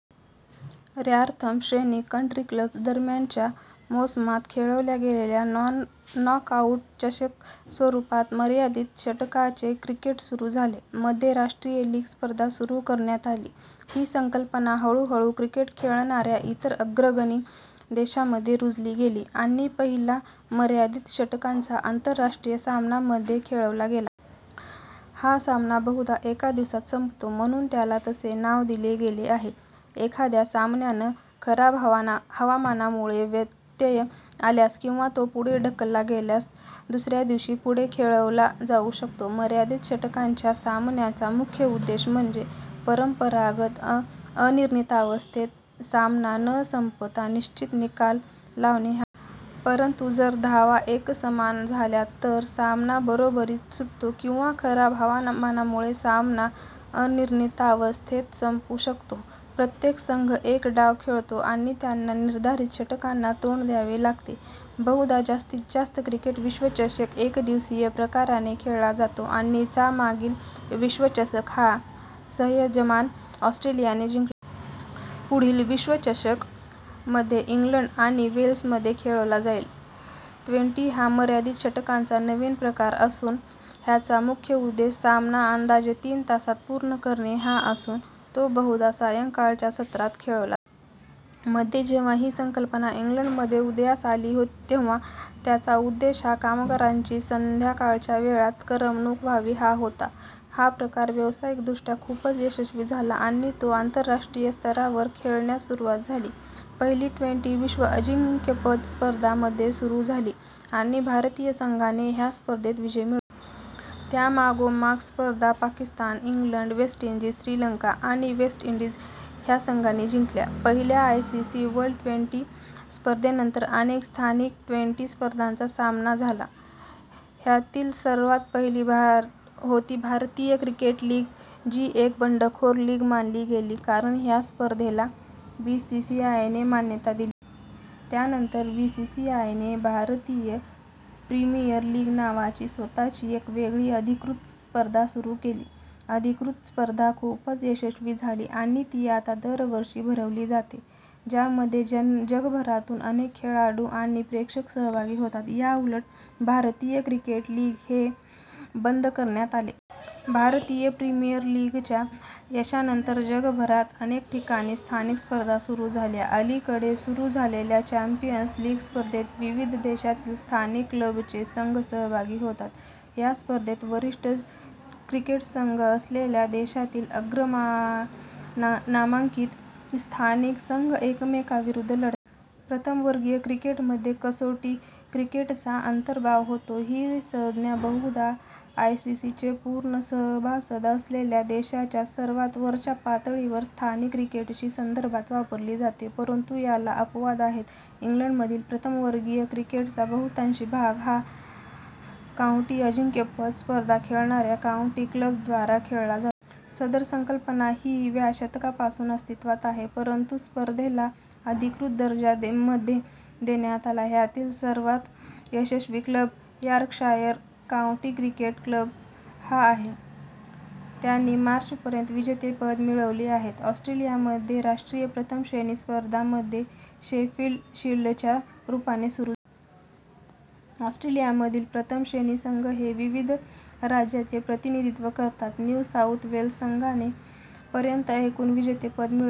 ऱ्यारथम श्रेणी country clubs दरम्यान च्या मोसमात खेळवल्या गेलेल्या नॉकआऊट चषक स्वरूपात मर्यादित षटकांचे क्रिकेट सुरू झाले. मध्ये राष्ट्रीय लीग स्पर्धा सुरू करण्यात आल्या. ही संकल्पना हळूहळू क्रिकेट खेळणाऱ्या इतर अग्रगणी देशांमध्ये रुजली गेली आणि पहिला मर्यादित षटकांचा आंतरराष्ट्रीय सामना मध्ये खेळवला गेला. हा सामना बहुधा एका दिवसात संपतो म्हणून त्याला तसे नाव दिले गेले आहे. एखाद्या सामन्यान खराब हवामानामुळे व्यत्यय आल्यास किंवा तो पुढे ढकलला गेल्यास दुसऱ्या दिवशी पुढे खेळवला जावू शकतो. मर्यादित षटकांच्या सामन्याचा मुख्य उद्देश म्हणजे परंपरागत अनिर्णितावस्थेत सामना न संपता निश्चित निकाल लावणे हा आहे. परंतु जर धावा एकसमान झाल्या तर सामना बरोबरीत सुटतो किंवा खराब हवामानामुळे सामना अनिर्णितावस्थेत संपू शकतो. प्रत्येक संघ एक डाव खेळतो आणि त्यांना निर्धारित षटकांना तोंड द्यावे लागते, बहुधा जास्तीत जास्त. क्रिकेट विश्वचषक एकदिवसीय प्रकाराने खेळला जातो आणि चा मागील विश्वचषक हा सह-यजमान ऑस्ट्रेलियाने जिंकला होता. पुढील विश्वचषक मध्ये इंग्लंड आणि वेल्स मध्ये खेळवला जाईल. ट्वेंटी हा मर्यादित षटकांचा नवीन प्रकार असून ह्याचा मुख्य उद्देश सामना अंदाजे तीन तासात पूर्ण करणे हा असून, तो बहुधा सायंकाळच्या सत्रात खेळवला जातो. मध्ये जेव्हा ही संकल्पना इंग्लंडमध्ये उदयास आली तेव्हा त्याचा उद्देश हा कामगारांची संध्याकाळच्या वेळात करमणूक व्हावी हा होता. हा प्रकार व्यावसायिकदृष्ट्या खूपच यशस्वी झाला आणि तो आंतरराष्ट्रीय स्तरावर खेळण्यास सुरुवात झाली. पहिली ट्वेंटी विश्व अजिंक्यपद स्पर्धा मध्ये सुरू झाली आणि भारतीय संघाने ह्या स्पर्धेत विजय मिळवला. त्यामागोमागच्या स्पर्धा Pakistan, England, West Indies, Sri Lanka आणि वेस्ट इंडीज ह्या संघांनी जिंकल्या. पहिल्या I. C. C. World twenty स्पर्धेनंतर अनेट स्थानिक ट्वेंटी स्पर्धांचा जन्म झाला. ह्यातील सर्वात पहिली होती भारतीय क्रिकेट लीग जी एक बंडखोर लीग मानली गेली कारण ह्या स्पर्धेला बीसीसीआयने मान्यता दिली नव्हती. त्यानंतर बीसीसीआयने भारतीय प्रीमियर लीग नावाची स्वतःची एक वेगळी अधिकृत स्पर्धा सुरू केली. अधिकृत स्पर्धा खूपच यशस्वी झाली आणि ती आता दरवर्षी भरवली जाते. ज्यामध्ये जगभरातून अनेक खेळाडू आणि प्रेक्षक सहभागी होतात. याउलट भारतीय क्रिकेट लीग बंद करण्यात आली. भारतीय प्रीमियर लीगच्या यशानंतर जगभरात अनेक ठिकाणी स्थानिक स्पर्धा सुरू झाल्या. अलीकडे सुरू झालेल्या - चॅंपियन्स लीग स्पर्धेत विविध देशातील स्थानिक क्लबचे संघ सहभागी होतात. ह्या स्पर्धेत वरिष्ठ क्रिकेट संघ असलेल्या देशांतील अग्रमानांकीत स्थानिक संघ एकमेकांविरुद्ध लढतात. प्रथम वर्गीय क्रिकेटमध्ये कसोटी क्रिकेटचा अंतर्भाव होतो. ही संज्ञा बहुधा आयसीसीचे पूर्ण सभासद असलेल्या देशांच्या सर्वात वरच्या पातळीवरील स्थानिक क्रिकेटशी संदर्भात वापरली जाते, परंतु याला अपवाद आहेत. इंग्लंडमधील प्रथम वर्गीय क्रिकेटचा बहुतांशी भाग हा काउंटी अजिंक्यपद स्पर्धा खेळणाऱ्या काउंटी क्लब्जद्वारा खेळला जातो. सदर संकल्पना ही व्या शतकापासून अस्तित्वात आहे परंतु स्पर्धेला अधिकृत दर्जा मध्ये देण्यात आला. ह्यातील सर्वात यशस्वी club Yorkshire county cricket club हा आहे. त्यांनी मार्च पर्यंत विजेतेपदे मिळवली आहेत. ऑस्ट्रेलियामध्ये राष्ट्रीय प्रथम श्रेणी स्पर्धा - मध्ये शेफील्ड शील्डच्या रूपाने सुरू झाली. ऑस्ट्रेलियामधील प्रथम-श्रेणी संघ हे विविध राज्याचे प्रतिनिधित्व करतात. न्यू साउथ वेल्स संघाने पर्यंत एकूण विजेतेपदे मिळवली आहे.